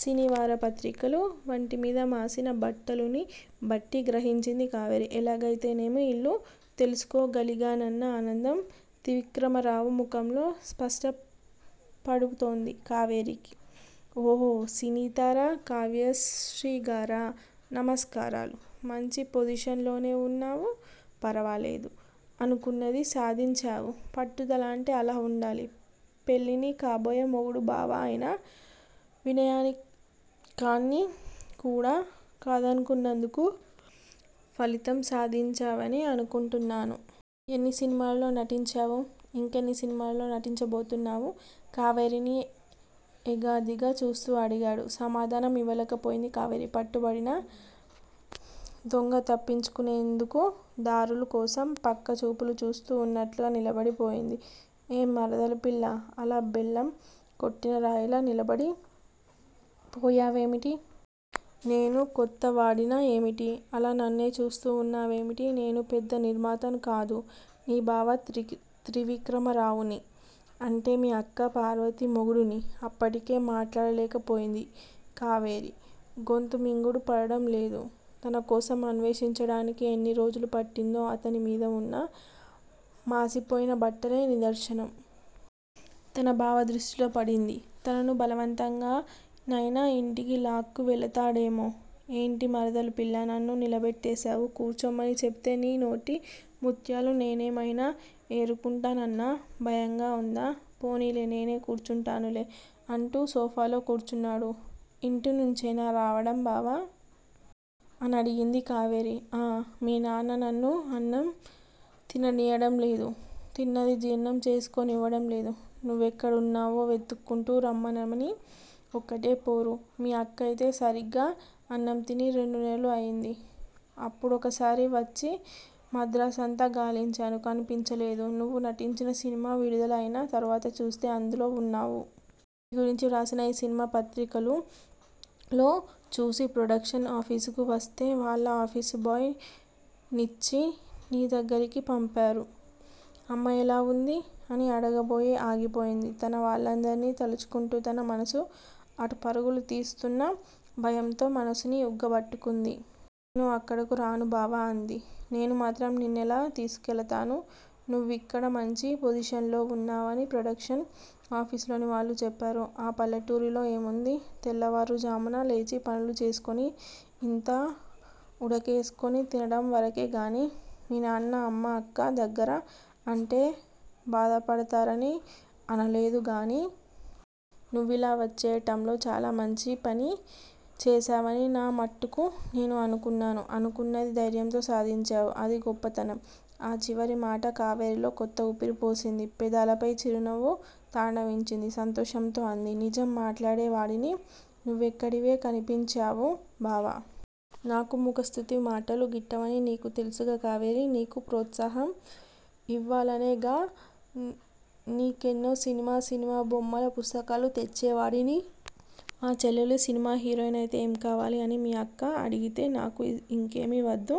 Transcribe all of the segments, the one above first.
సినీవార పత్రికలు, వంటి మీద మాసిన బట్టలుని బట్టి గ్రహించింది కావేరి. ఎలాగయితేనేమి? ఇల్లు తెలుసుకోగలిగానన్న ఆనందం త్రివిక్రమరావు ముఖంలో స్పష్టపడుతోంది కావేరీకి. ఓహో? సినీతార కావ్యశ్రీగారా? నమస్కారాలు! మంచి పొజిషన్ లోనే వున్నావు. ఫరవాలేదు! అనుకున్నది సాధించావు. పట్టుదల అంటే అలా వుండాలి! పెళ్లిని, కాబోయే మొగుడూ బావ అయినా వినాయకాన్ని కూడా కాదనుకున్నందుకు ఫలితం సాధించావనే అనుకుంటున్నాను. ఎన్ని సినిమాలలో నటించావు? ఇంకెన్ని సినిమాలలో నటించబోతున్నావు? కావేరీని ఎగాదిగా చూస్తూ అడిగాడు. సమాధానం ఇవ్వలేకపోయింది కావేరి. పట్టుబడిన దొంగ తప్పించుకునేతందుకు దారులు కోసం పక్క చూపులు చూస్తూ వున్నట్లుగా నిలబడి పోయింది. ఏం మరదలు పిల్లా? అలా బెల్లం కొట్టిన రాయిలా నిలబడి పోయావేమిటి? నేను కొత్తవాడినా ఏమిటి? అలా నన్నే చూస్తూ వున్నావేమిటి? నేను పెద్ద నిర్మాతను కాదు! నీ బావ త్రివిక్రమరావుని! అంటే మీ అక్క పార్వతి మొగుడిని! అప్పటికీ మాట్లాడలేక పోయింది కావేరి! గొంతు మింగుడు పడటం లేదు. తన కోసం అన్వేషించటానికి ఎన్ని రోజులు పట్టిందో అతని మీద వున్న మాసిపోయిన బట్టలే నిదర్శనం! తను బావ దృష్టిలో పడింది, తనను బలవంతంగా నయినా యింటికి లాక్కు వెళ్ళుతాడేమో? ఏంటి మరదలు పిల్లా? నన్ను నిలబెట్టేశావు? కూర్చోమని చెప్పితే నీ నోటి ముత్యాలు నేనేమయినా ఏరుకుంటానన్న భయంగా వుందా? పోనీలే నేనే కూర్చుంటానులే! అంటూ సోఫాలో కూర్చున్నాడు. ఇంటినుంచేనా రావటం బావా? అనడిగింది కావేరి. ఆఁ మీ నాన్న నన్ను అన్నం తిననీయటం లేదు! తిన్నది జీర్ణం చేసుకోనివ్వటం లేదు! నువ్వెక్కడున్నావో? వెతుక్కు రమ్మనమని ఒక్కటే పోరు! మీ అక్కయితే సరిగ్గా అన్నంతిని రెండు నెలలు అయింది. అప్పుడొకసారి వచ్చి మద్రాసంతా గాలించాను. కనిపించలేదు. నువ్వు నటించిన సినిమా విడుదల అయినా తరువాత చూస్తే అందులో వున్నావు. నీ గురించి వ్రాసిన ఈ సినిమా పత్రికలులో చూసి ప్రొడక్షన్ ఆఫీసుకు వస్తే వాళ్ళ ఆఫీసు బాయ్ నిచ్చి నీ దగ్గిరకు పంపారు. అమ్మ ఎలా వుంది? అని అడగబోయి ఆగిపోయింది. తన వాళ్ళందరినీ తలుచుకుంటే తన మనసు అటు పరుగులు తీస్తుందన్న భయంతో మనసుని ఉగ్గపట్టుకుంది. నేను అక్కడకు రాను బావా! అంది. నేనుమాత్రం నిన్నెలా తీసుకెళ్ళతాను? నువ్విక్కడ మంచి పొజిషన్ లో వున్నావని ప్రొడక్షన్ ఆఫీసులోని వాళ్ళు చెప్పారు. ఆ పల్లెటూరిలో ఏముంది? తెల్లవారుఝామున లేచి పనులు చేసుకుని ఇంత ఉడకేసుకుని తినటం వరకే గాని! మీ నాన్న అమ్మ అక్క దగ్గిర అంటే బాధపడతారని అనలేదు గాని! నువ్విలా వచ్చేయటంలో చాలా మంచి పనే చేశావని నా మట్టుకు నేను అనుకున్నాను. అనుకున్నది ధైర్యంతో సాధించావు. అదీ గొప్పతనం. ఆ చివరి మాట కావేరీలో కొత్త ఊపిరి పోసింది. పెదాలపై చిరునవ్వు తాండవించింది. సంతోషంతో అంది. నిజం మాట్లాడే వాడిని నువ్వొక్కడివే కనిపించావు బావా! నాకు ముఖస్తుతి మాటలు గిట్టవని నీకూ తెలుసుగా కావేరీ? నీకు ప్రోత్సాహం ఇవ్వలనేగా నీకెన్నో సినిమా సినిమా బొమ్మల పుస్తకాలు తెచ్చేవాడిని! మా చెల్లెలు సినిమా హీరోయిన్ అయితే ఏం కావాలి? అని మీ అక్క అడిగితే, నాకు ఇంకేమీ వద్దు.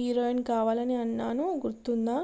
హీరోయిన్ కావాలని అన్నాను గుర్తుందా?